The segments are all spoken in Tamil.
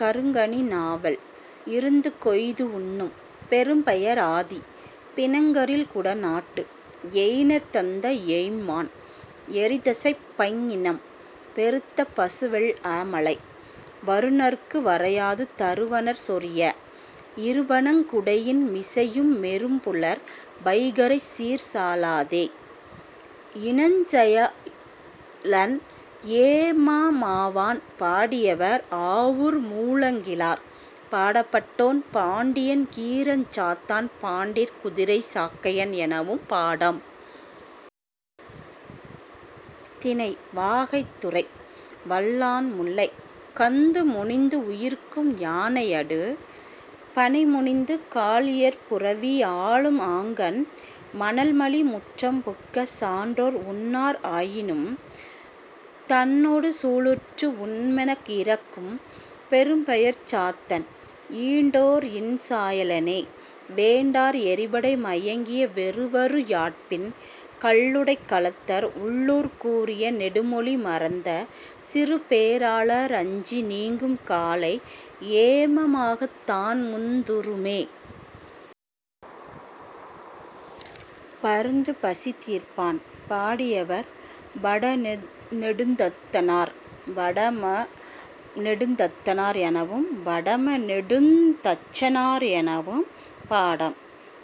கருங்கனி நாவல் இருந்துகொய்து உண்ணும், பெரும்பெயர் ஆதி, பிணங்கரில் குடநாட்டு, எயினர் தந்த எய்ம்மான் எறிதசைப் பைஞ்ஞிணம் பெருத்த பசுவெள் அமலை, வருநர்க்கு வரையாது தருவனர் சொரிய, இரும்பனங் குடையின் மிசையும் பெரும்புலர் வைகறைச் சீர்சா லாதே.. இன்சாயலன் ஏமமாவான்! பாடியவர்: ஆவூர் மூலங்கிழார் பாடப்பட்டோன்: பாண்டியன் கீரஞ்சாத்தன் பாண்டிக் குதிரைச் சாக்கையன் எனவும் பாடம். திணை: வாகை துறை: வல்லாண் முல்லை கந்துமுனிந்து உயிர்க்கும்யானையடு, பணைமுனிந்து, கால்இயற் புரவி ஆலும் ஆங்கண், மணல்மலி முற்றம் புக்க சான்றோர் உண்ணார் ஆயினும், தன்னொடு சூளுற்று உண்மென இரக்கும் பெரும்பெயர்ச் சாத்தன் ஈண்டோர் இன்சா யலனே; வேண்டார் எறிபடை மயங்கிய வெருவரு ஞாட்பின், கள்ளுடைக் கலத்தர் உள்ளூர்க் கூறிய நெடுமொழி மறந்த சிறுபே ராளர் அஞ்சி நீங்கும் காலை, ஏம மாகத் தான்முந் துறுமே.. பருந்து பசி தீர்ப்பான்! பாடியவர்: வடநெடுந்தத்தனார்; வடம நெடுந்தத்தனார் எனவும், வடம நெடுந்தச்சனார் எனவும் பாடம்.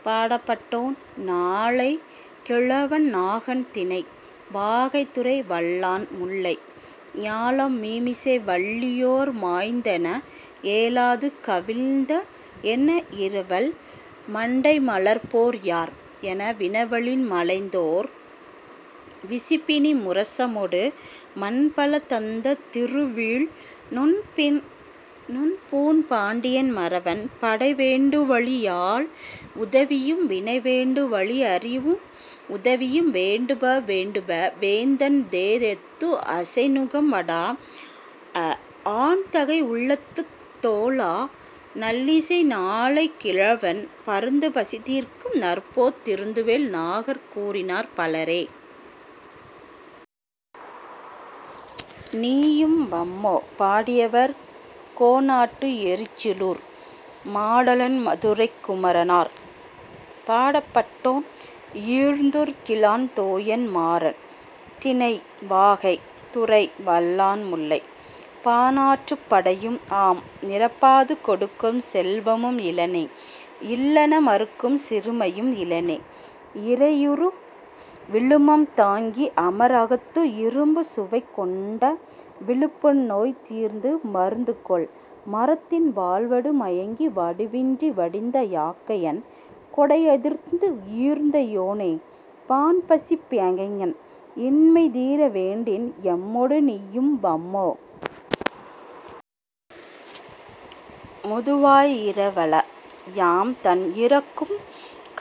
பாடப்பட்டோன்: நாலை கிழவன் நாகன் திணை: வாகை துறை: வல்லாண் முல்லை ஞாலம் மீமிசை வள்ளியோர் மாய்ந் தென, ஏலாது கவிழ்ந்தஎன் இரவல் மண்டை மலர்ப்போர் யார்? ' என வினவலின் மலைந்தோர் விசிபிணி முரசமொடு மண்பல தந்த திருவீழ் நுண்பூண் பாண்டியன் மறவன், படை வேண்டுவழி வாள் உதவியும், வினை வேண்டுவழி அறிவு உதவியும், வேண்டுப வேண்டுப வேந்தன் தேஎத்து அசைநுகம் படாஅ ஆண்தகை உள்ளத்துத், தோலா நல்லிசை, நாலை கிழவன், பருந்துபசி தீர்க்கும் நற்போர்த் திருந்துவேல் நாகற் கூறினர், பலரே.. நீயும் வம்மோ! பாடியவர்: கோனாட்டு எறிச்சிலூர் மாடலன் மதுரைக் குமரனார். பாடப்பட்டோன்: ஈர்ந்தூர் கிழான் தோயன் மாறன். திணை: வாகை. துறை: வல்லாண்முல்லை; பாணாற்றுப் படையும் ஆம். நிரப்பாது கொடுக்கும் செல்வமும் இலனே; இல்லென மறுக்கும் சிறுமையும் இலனே; இறையுறு விழுமம் தாங்கி, அமர்அகத்து இரும்புசுவைக் கொண்ட விழுப்புண்நோய் தீர்ந்து, மருந்துகொள் மரத்தின் வாள்வடு மயங்கி, வடுவின்றி வடிந்த யாக்கையன், கொடையெதிர்ந்து, ஈர்ந்தை யோனே, பாண்பசிப் பகைஞன்; இன்மை தீர வேண்டின், எம்மொடு நீயும் வம்மோ? முதுவாய் இரவல! யாம்தன் இரக்கும்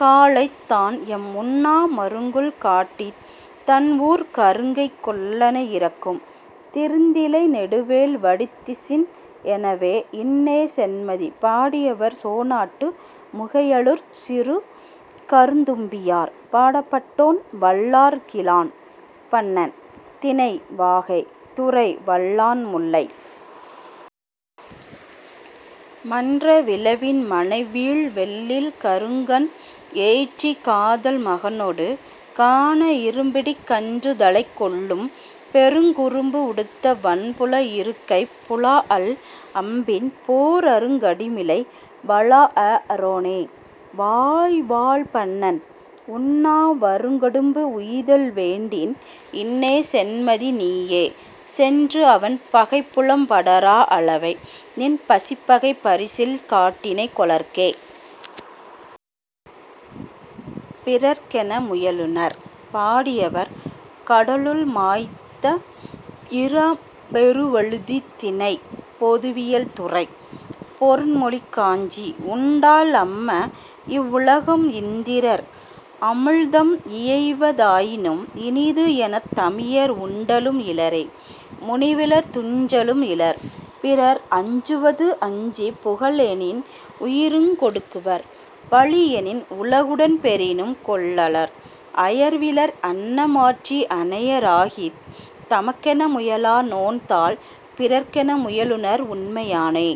காலைத், தான்எம் உண்ணா மருங்குல் காட்டித், தன்ஊர்க் கருங்கைக் கொல்லனை இரக்கும், 'திருந்திலை நெடுவேல் வடித்திசின்' எனவே.. இன்னே சென்மதி! பாடியவர்: சோணாட்டு முகையலூர்ச் சிறுகருந் தும்பி யார். பாடப்பட்டோன்: வல்லார் கிழான் பண்ணன். திணை: வாகை. துறை: வல்லாண்முல்லை. மன்ற விளவின் மனைவீழ் வெள்ளில், கருங்கண் எயிற்றி காதல் மகனொடு, கான இரும்பிடிக் கன்றுதலைக் கொள்ளும் பெருங்குறும்பு உடுத்த வன்புல இருக்கைப், புலாஅல் அம்பின், போர்அருங் கடிமிளை, வலாஅ ரோனே, வாய்வாள் பண்ணன்; உண்ணா வறுங்கடும்பு உய்தல் வேண்டின், இன்னே சென்மதி, நீயே; சென்று, அவன் பகைப்புலம் படரா அளவை, நின் பசிப்பகைப் பரிசில் காட்டினை கொளற்கே.. பிறர்க்கென முயலுநர்! பாடியவர்: கடலுள் மாய்ந்த இளம்பெரு வழுதி திணை: பொதுவியல் துறை: பொருண்மொழிக் காஞ்சி உண்டால் அம்ம, இவ்வுலகம்; இந்திரர்; அமிழ்தம் இயைவ தாயினும், இனிதுஎனத் தமியர் உண்டலும் இலரே; முனிவிலர்! துஞ்சலும் இலர்; பிறர் அஞ்சுவது அஞ்சிப், புகழ்எனின், உயிருங் கொடுக்குவர், பழியெனின், உலகுடன் பெறினும், கொள்ளலர், அயர்விலர்; அன்ன மாட்சி அனைய ராகித், தமக்கென முயலா நோன்தாள், பிறர்க்கென முயலுநர் உண்மை யானே..